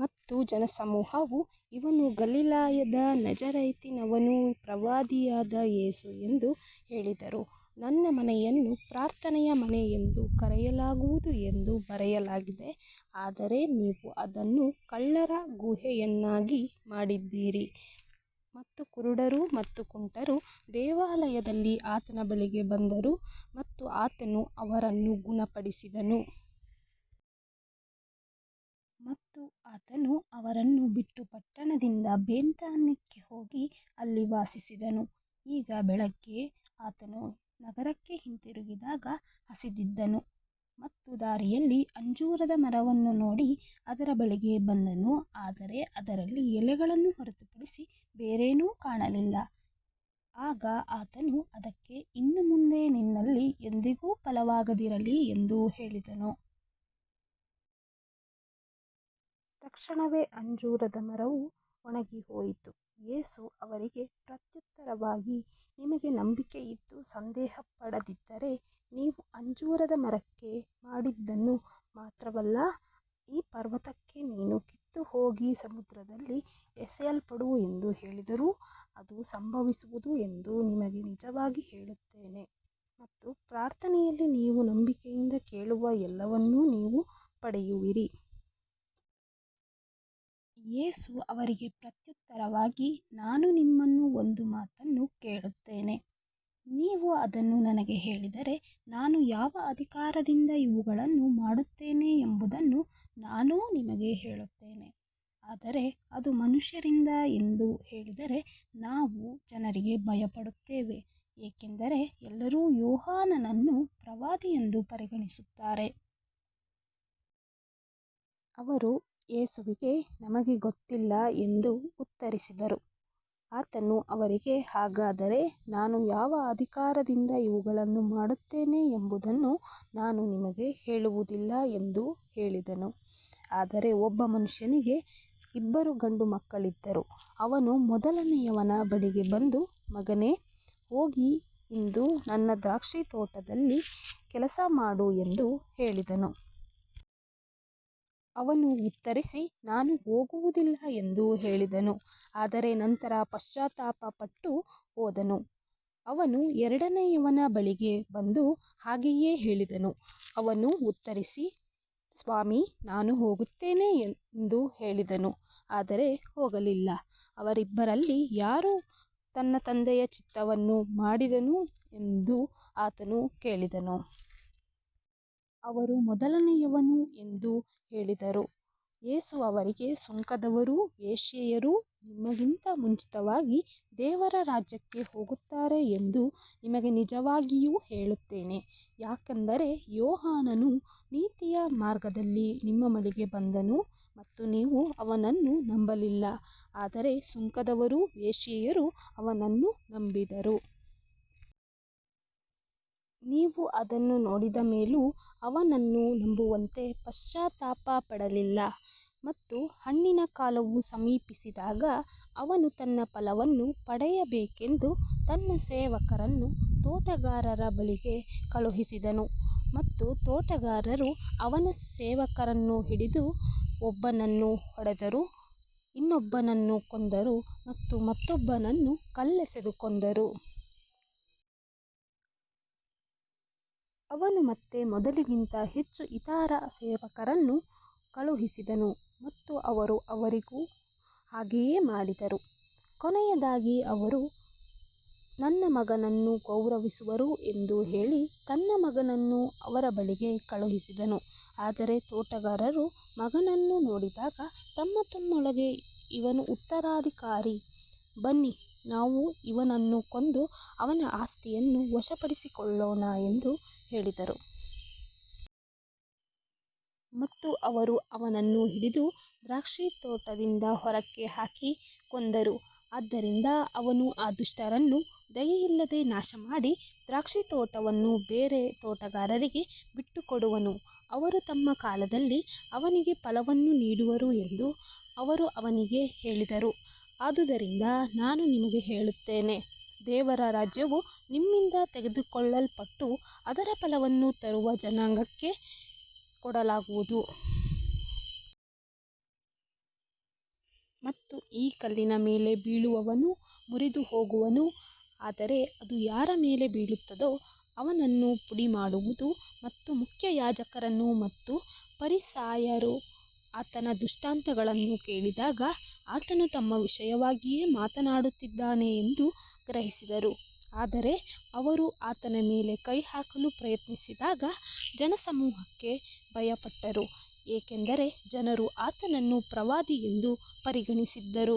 ಮತ್ತು ಜನಸಮೂಹವು ಇವನು ಗಲಿಲಾಯದ ನಜರೇತಿನವನು, ಪ್ರವಾದಿಯಾದ ಯೇಸು ಎಂದು ಹೇಳಿದರು. ನನ್ನ ಮನೆಯನ್ನು ಪ್ರಾರ್ಥನೆಯ ಮನೆ ಎಂದು ಕರೆಯಲಾಗುವುದು ಎಂದು ಬರೆಯಲಾಗಿದೆ, ಆದರೆ ನೀವು ಅದನ್ನು ಕಳ್ಳರ ಗುಹೆಯನ್ನಾಗಿ ಮಾಡಿದ್ದೀರಿ. ಮತ್ತು ಕುರುಡರು ಮತ್ತು ಕುಂಟರು ದೇವಾಲಯದಲ್ಲಿ ಆತನ ಬಳಿಗೆ ಬಂದರು ಮತ್ತು ಆತನು ಅವರನ್ನು ಗುಣಪಡಿಸಿದನು. ಮತ್ತು ಆತನು ಅವರನ್ನು ಬಿಟ್ಟು ಪಟ್ಟಣದಿಂದ ಬೇಥಾನ್ಯಕ್ಕೆ ಹೋಗಿ ಅಲ್ಲಿ ವಾಸಿಸಿದನು. ಈಗ ಬೆಳಿಗ್ಗೆ ಆತನು ನಗರಕ್ಕೆ ಹಿಂತಿರುಗಿದಾಗ ಹಸಿದಿದ್ದನು. ಮತ್ತು ದಾರಿಯಲ್ಲಿ ಅಂಜೂರದ ಮರವನ್ನು ನೋಡಿ ಅದರ ಬಳಿಗೆ ಬಂದನು, ಆದರೆ ಅದರಲ್ಲಿ ಎಲೆಗಳನ್ನು ಹೊರತುಪಡಿಸಿ ಬೇರೇನೂ ಕಾಣಲಿಲ್ಲ. ಆಗ ಆತನು ಅದಕ್ಕೆ, ಇನ್ನು ಮುಂದೆ ನಿನ್ನಲ್ಲಿ ಎಂದಿಗೂ ಫಲವಾಗದಿರಲಿ ಎಂದು ಹೇಳಿದನು. ತಕ್ಷಣವೇ ಅಂಜೂರದ ಮರವು ಒಣಗಿಹೋಯಿತು. ಯೇಸು ಅವರಿಗೆ ಪ್ರತ್ಯುತ್ತರವಾಗಿ, ನಿಮಗೆ ನಂಬಿಕೆಯಿದ್ದು ಸಂದೇಹಪಡದಿದ್ದರೆ ನೀವು ಅಂಜೂರದ ಮರಕ್ಕೆ ಮಾಡಿದ್ದನ್ನು ಮಾತ್ರವಲ್ಲ, ಈ ಪರ್ವತಕ್ಕೆ, ನೀನು ಕಿತ್ತುಹೋಗಿ ಸಮುದ್ರದಲ್ಲಿ ಎಸೆಯಲ್ಪಡು ಎಂದು ಹೇಳಿದರೂ ಅದು ಸಂಭವಿಸುವುದು ಎಂದು ನಿಮಗೆ ನಿಜವಾಗಿ ಹೇಳುತ್ತೇನೆ. ಮತ್ತು ಪ್ರಾರ್ಥನೆಯಲ್ಲಿ ನೀವು ನಂಬಿಕೆಯಿಂದ ಕೇಳುವ ಎಲ್ಲವನ್ನೂ ನೀವು ಪಡೆಯುವಿರಿ. ಯೇಸು ಅವರಿಗೆ ಪ್ರತ್ಯುತ್ತರವಾಗಿ, ನಾನೂ ನಿಮ್ಮನ್ನು ಒಂದು ಮಾತನ್ನು ಕೇಳುತ್ತೇನೆ. ನೀವು ಅದನ್ನು ನನಗೆ ಹೇಳಿದರೆ, ನಾನು ಯಾವ ಅಧಿಕಾರದಿಂದ ಇವುಗಳನ್ನು ಮಾಡುತ್ತೇನೆ ಎಂಬುದನ್ನು ನಾನೂ ನಿಮಗೆ ಹೇಳುತ್ತೇನೆ. ಆದರೆ ಅದು ಮನುಷ್ಯರಿಂದ ಎಂದು ಹೇಳಿದರೆ, ನಾವು ಜನರಿಗೆ ಭಯಪಡುತ್ತೇವೆ, ಏಕೆಂದರೆ ಎಲ್ಲರೂ ಯೋಹಾನನನ್ನು ಪ್ರವಾದಿಯೆಂದು ಪರಿಗಣಿಸುತ್ತಾರೆ. ಅವರು ಯೇಸುವಿಗೆ, ನಮಗೆ ಗೊತ್ತಿಲ್ಲ ಎಂದು ಉತ್ತರಿಸಿದರು. ಆತನು ಅವರಿಗೆ, ಹಾಗಾದರೆ ನಾನು ಯಾವ ಅಧಿಕಾರದಿಂದ ಇವುಗಳನ್ನು ಮಾಡುತ್ತೇನೆ ಎಂಬುದನ್ನು ನಾನೂ ನಿಮಗೆ ಹೇಳುವುದಿಲ್ಲ ಎಂದು ಹೇಳಿದನು. ಆದರೆ ಒಬ್ಬ ಮನುಷ್ಯನಿಗೆ ಇಬ್ಬರು ಗಂಡು ಮಕ್ಕಳಿದ್ದರು. ಅವನು ಮೊದಲನೆಯವನ ಬಳಿಗೆ ಬಂದು, ಮಗನೇ, ಹೋಗಿ ಇಂದು ನನ್ನ ದ್ರಾಕ್ಷಿತೋಟದಲ್ಲಿ ಕೆಲಸಮಾಡು ಎಂದು ಹೇಳಿದನು. ಅವನು ಉತ್ತರಿಸಿ, ನಾನು ಹೋಗುವುದಿಲ್ಲ ಎಂದು ಹೇಳಿದನು, ಆದರೆ ನಂತರ ಪಶ್ಚಾತ್ತಾಪಪಟ್ಟು ಹೋದನು. ಅವನು ಎರಡನೆಯವನ ಬಳಿಗೆ ಬಂದು ಹಾಗೆಯೇ ಹೇಳಿದನು. ಅವನು ಉತ್ತರಿಸಿ, ಸ್ವಾಮೀ, ನಾನು ಹೋಗುತ್ತೇನೆ ಎಂದು ಹೇಳಿದನು, ಆದರೆ ಹೋಗಲಿಲ್ಲ. ಅವರಿಬ್ಬರಲ್ಲಿ ಯಾರು ತನ್ನ ತಂದೆಯ ಚಿತ್ತವನ್ನು ಮಾಡಿದನು ಎಂದು ಆತನು ಕೇಳಿದನು. ಅವರು ಮೊದಲನೆಯವನು ಎಂದು ಹೇಳಿದರು. ಯೇಸು ಅವರಿಗೆ, ಸುಂಕದವರೂ ವೇಶ್ಯೆಯರೂ ನಿಮಗಿಂತ ಮುಂಚಿತವಾಗಿ ದೇವರ ರಾಜ್ಯಕ್ಕೆ ಹೋಗುತ್ತಾರೆ ಎಂದು ನಿಮಗೆ ನಿಜವಾಗಿ ಹೇಳುತ್ತೇನೆ. ಯಾಕಂದರೆ ಯೋಹಾನನು ನೀತಿಯ ಮಾರ್ಗದಲ್ಲಿ ನಿಮ್ಮ ಬಳಿಗೆ ಬಂದನು ಮತ್ತು ನೀವು ಅವನನ್ನು ನಂಬಲಿಲ್ಲ, ಆದರೆ ಸುಂಕದವರೂ ವೇಶ್ಯೆಯರೂ ಅವನನ್ನು ನಂಬಿದರು. ನೀವು ಅದನ್ನು ನೋಡಿದ ಮೇಲೂ ಅವನನ್ನು ನಂಬುವಂತೆ ಪಶ್ಚಾತ್ತಾಪಪಡಲಿಲ್ಲ. ಮತ್ತು ಹಣ್ಣಿನ ಕಾಲವು ಸಮೀಪಿಸಿದಾಗ ಅವನು ತನ್ನ ಫಲವನ್ನು ಪಡೆಯಬೇಕೆಂದು ತನ್ನ ಸೇವಕರನ್ನು ತೋಟಗಾರರ ಬಳಿಗೆ ಕಳುಹಿಸಿದನು. ಮತ್ತು ತೋಟಗಾರರು ಅವನ ಸೇವಕರನ್ನು ಹಿಡಿದು, ಒಬ್ಬನನ್ನು ಹೊಡೆದರು, ಇನ್ನೊಬ್ಬನನ್ನು ಕೊಂದರು ಮತ್ತು ಮತ್ತೊಬ್ಬನನ್ನು ಕಲ್ಲೆಸೆದು ಕೊಂದರು. ಅವನು ಮತ್ತೆ ಮೊದಲಿಗಿಂತ ಹೆಚ್ಚು ಇತರ ಸೇವಕರನ್ನು ಕಳುಹಿಸಿದನು ಮತ್ತು ಅವರು ಅವರಿಗೂ ಹಾಗೆಯೇ ಮಾಡಿದರು. ಕೊನೆಯದಾಗಿ, ಅವರು ನನ್ನ ಮಗನನ್ನು ಗೌರವಿಸುವರು ಎಂದು ಹೇಳಿ ತನ್ನ ಮಗನನ್ನು ಅವರ ಬಳಿಗೆ ಕಳುಹಿಸಿದನು. ಆದರೆ ತೋಟಗಾರರು ಮಗನನ್ನು ನೋಡಿದಾಗ ತಮ್ಮತಮ್ಮೊಳಗೆ, ಇವನು ಉತ್ತರಾಧಿಕಾರಿ. ಬನ್ನಿ, ನಾವು ಇವನನ್ನು ಕೊಂದು ಅವನ ಆಸ್ತಿಯನ್ನು ವಶಪಡಿಸಿಕೊಳ್ಳೋಣ ಎಂದು ಹೇಳಿದರು. ಮತ್ತು ಅವರು ಅವನನ್ನು ಹಿಡಿದು ದ್ರಾಕ್ಷಿತೋಟದಿಂದ ಹೊರಗೆ ಹಾಕಿ ಕೊಂದರು. ಆದ್ದರಿಂದ ಅವನು ಆ ದುಷ್ಟರನ್ನು ದಯೆಯಿಲ್ಲದೆ ನಾಶಮಾಡಿ, ದ್ರಾಕ್ಷಿತೋಟವನ್ನು ಬೇರೆ ತೋಟಗಾರರಿಗೆ ಬಿಟ್ಟುಕೊಡುವನು, ಅವರು ತಮ್ಮ ಕಾಲದಲ್ಲಿ ಅವನಿಗೆ ಫಲವನ್ನು ನೀಡುವರು ಎಂದು ಅವರು ಅವನಿಗೆ ಹೇಳಿದರು. ಆದುದರಿಂದ ನಾನು ನಿಮಗೆ ಹೇಳುತ್ತೇನೆ, ದೇವರ ರಾಜ್ಯವು ನಿಮ್ಮಿಂದ ತೆಗೆದುಕೊಳ್ಳಲ್ಪಟ್ಟು ಅದರ ಫಲವನ್ನು ತರುವ ಜನಾಂಗಕ್ಕೆ ಕೊಡಲಾಗುವುದು. ಮತ್ತು ಈ ಕಲ್ಲಿನ ಮೇಲೆ ಬೀಳುವವನು ಮುರಿದುಹೋಗುವನು, ಆದರೆ ಅದು ಯಾರ ಮೇಲೆ ಬೀಳುತ್ತದೋ ಅವನನ್ನು ಪುಡಿಮಾಡುವುದು. ಮತ್ತು ಮುಖ್ಯಯಾಜಕರು ಮತ್ತು ಫರಿಸಾಯರು ಆತನ ದೃಷ್ಟಾಂತಗಳನ್ನು ಕೇಳಿದಾಗ, ಆತನು ತಮ್ಮ ವಿಷಯವಾಗಿಯೇ ಮಾತನಾಡುತ್ತಿದ್ದಾನೆಂದು ಗ್ರಹಿಸಿದರು. ಆದರೆ ಅವರು ಆತನ ಮೇಲೆ ಕೈಹಾಕಲು ಪ್ರಯತ್ನಿಸಿದಾಗ ಜನಸಮೂಹಕ್ಕೆ ಭಯಪಟ್ಟರು, ಏಕೆಂದರೆ ಜನರು ಆತನನ್ನು ಪ್ರವಾದಿಯೆಂದು ಪರಿಗಣಿಸಿದ್ದರು.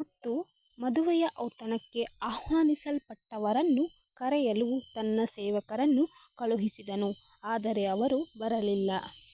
ಮತ್ತು ಮದುವೆಯ ಔತಣಕ್ಕೆ ಆಹ್ವಾನಿಸಲ್ಪಟ್ಟವರನ್ನು ಕರೆಯಲು ತನ್ನ ಸೇವಕರನ್ನು ಕಳುಹಿಸಿದನು, ಆದರೆ ಅವರು ಬರಲಿಲ್ಲ.